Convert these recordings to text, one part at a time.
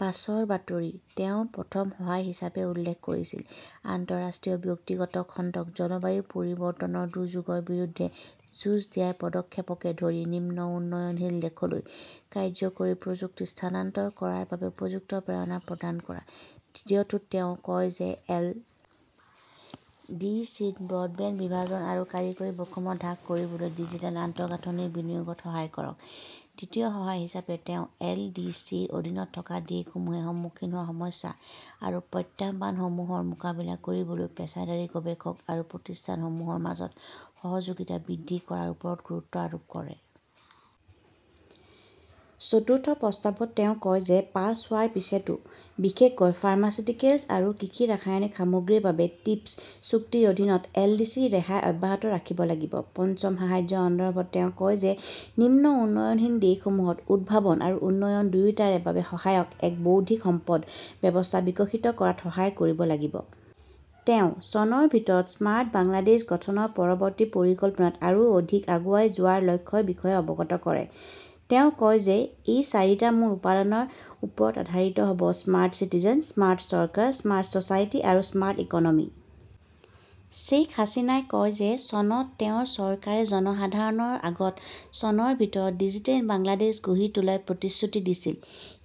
বাছৰ বাতৰি। তেওঁ প্ৰথম সহায় হিচাপে উল্লেখ কৰিছিল, আন্তঃৰাষ্ট্ৰীয় ব্যক্তিগত খণ্ডক জলবায়ু পৰিৱৰ্তনৰ দুৰ্যোগৰ বিৰুদ্ধে যুঁজ দিয়াৰ পদক্ষেপকে ধৰি নিম্ন উন্নয়নশীল দেশলৈ কাৰ্য্যকৰী প্ৰযুক্তি স্থানান্তৰ কৰাৰ বাবে উপযুক্ত প্ৰেৰণা প্ৰদান কৰা। দ্বিতীয়টোত তেওঁ কয় যে এল. ডি. চি. -ত ব্ৰডবেণ্ড বিভাজন আৰু কাৰিকৰী বৈষম্য হ্ৰাস কৰিবলৈ ডিজিটেল আন্তঃগাঁথনিৰ বিনিয়োগত সহায় কৰক। তৃতীয় সহায় হিচাপে তেওঁ এল. ডি. চি. -ৰ অধীনত থকা দেশসমূহে সন্মুখীন হোৱা সমস্যা আৰু প্ৰত্যাহ্বানসমূহৰ মোকাবিলা কৰিবলৈ পেছাদাৰী গৱেষক আৰু প্ৰতিষ্ঠানসমূহৰ মাজত সহযোগিতা বৃদ্ধি কৰাৰ ওপৰত গুৰুত্ব আৰোপ কৰে। চতুৰ্থ প্ৰস্তাৱত তেওঁ কয় যে পাছ হোৱাৰ পিছতো বিশেষকৈ ফাৰ্মাচিউটিকেলছ আৰু কৃষি-ৰাসায়নিক সামগ্ৰীৰ বাবে ট্ৰিপছ চুক্তিৰ অধীনত এলডিচিৰ ৰেহাই অব্যাহত ৰাখিব লাগিব। পঞ্চম সাহায্যৰ সন্দৰ্ভত তেওঁ কয় যে নিম্ন উন্নয়নশীল দেশসমূহত উদ্ভাৱন আৰু উন্নয়ন দুয়োটাৰে বাবে সহায়ক এক বৌদ্ধিক সম্পদ ব্যৱস্থা বিকশিত কৰাত সহায় কৰিব লাগিব। তেওঁ চনৰ ভিতৰত 'স্মাৰ্ট বাংলাদেশ "গঠনৰ পৰৱৰ্তী পৰিকল্পনাত আৰু অধিক আগুৱাই যোৱাৰ লক্ষ্যৰ বিষয়ে অৱগত কৰে। তেওঁ কয় যে ই চাৰিটা মূল উপাদানৰ ওপৰত আধাৰিত হ "ব-স্মাৰ্ট চিটিজেন, স্মাৰ্ট চৰকাৰ, স্মাৰ্ট ছ" চাইটি আৰু স্মাৰ্ট ইকনমি। শ্বেখ হাছিনাই কয় যে চনত তেওঁৰ চৰকাৰে জনসাধাৰণৰ আগত চনৰ ভিতৰত 'ডিজিটেল বাংলাদেশ "গঢ়ি তোলাৰ প্ৰতিশ্ৰুতি দিছিল।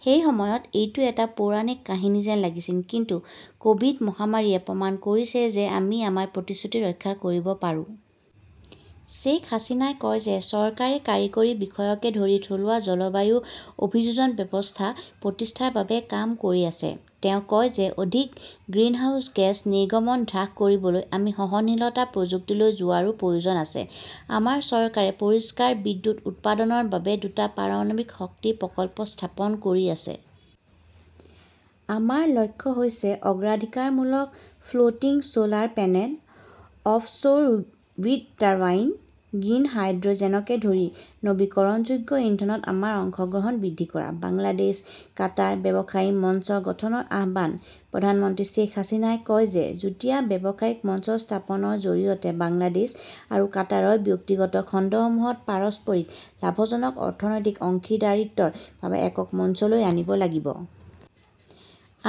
সেই সময়ত এইটো এটা 'পৌৰাণিক কাহিনী "যেন লাগিছিল। কিন্তু ক "ভিড- মহামাৰীয়ে প্ৰমাণ কৰিছে যে আমি আমাৰ প্ৰতিশ্ৰুতি ৰক্ষা কৰিব পাৰোঁ। শ্বেখ হাছিনাই কয় যে চৰকাৰে কাৰিকৰী বিষয়কে ধৰি থলুৱা জলবায়ু অভিযোজন ব্যৱস্থা প্ৰতিষ্ঠাৰ বাবে কাম কৰি আছে। তেওঁ কয় যে অধিক গ্ৰীণহাউছ গেছ নিৰ্গমন হ্ৰাস কৰিবলৈ আমি সহনশীলতা প্ৰযুক্তিলৈ যোৱাৰো প্ৰয়োজন আছে। আমাৰ চৰকাৰে পৰিষ্কাৰ বিদ্যুৎ উৎপাদনৰ বাবে দুটা পাৰমাণৱিক শক্তি প্ৰকল্প স্থাপন কৰি আছে। আমাৰ লক্ষ্য হৈছে অগ্ৰাধিকাৰমূলক floating "solar panel, offshore wind turbine, green হাইড্ৰ "জেনকে ধৰি নৱীকৰণযোগ্য ইন্ধনত আমাৰ অংশগ্ৰহণ বৃদ্ধি কৰা। বাংলাদেশ-কাটাৰ ব্যৱসায়ী মঞ্চ গঠনৰ আহ্বানঃ প্ৰধানমন্ত্ৰী শ্বেখ হাছিনাই কয় যে যুটীয়া ব্যৱসায়িক মঞ্চ স্থাপনৰ জৰিয়তে বাংলাদেশ আৰু কাটাৰৰ ব্যক্তিগত খণ্ডসমূহক পাৰস্পৰিক লাভজনক অৰ্থনৈতিক অংশীদাৰিত্বৰ বাবে একক মঞ্চলৈ আনিব লাগিব।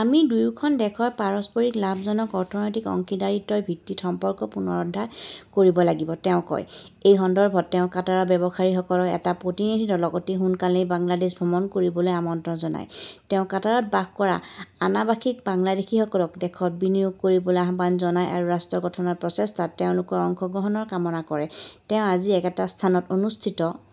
"আমি দুয়োখন দেশৰ পাৰস্পৰিক লাভজনক অৰ্থনৈতিক অংশীদাৰিত্বৰ ভিত্তিত সম্পৰ্ক পুনৰুদ্ধাৰ কৰিব লাগিব", তেওঁ কয়। এই সন্দৰ্ভত তেওঁ কাটাৰৰ ব্যৱসায়ীসকলৰ এটা প্ৰতিনিধি দলক অতি সোনকালেই বাংলাদেশ ভ্ৰমণ কৰিবলৈ আমন্ত্ৰণ জনায়। তেওঁ কাটাৰত বাস কৰা অনাবাসিক বাংলাদেশীসকলক দেশত বিনিয়োগ কৰিবলৈ আহ্বান জনায় আৰু ৰাষ্ট্ৰ গঠনৰ প্ৰচেষ্টাত তেওঁলোকৰ অংশগ্ৰহণৰ কামনা কৰে। তেওঁ আজি একেটা স্থানত অনুষ্ঠিত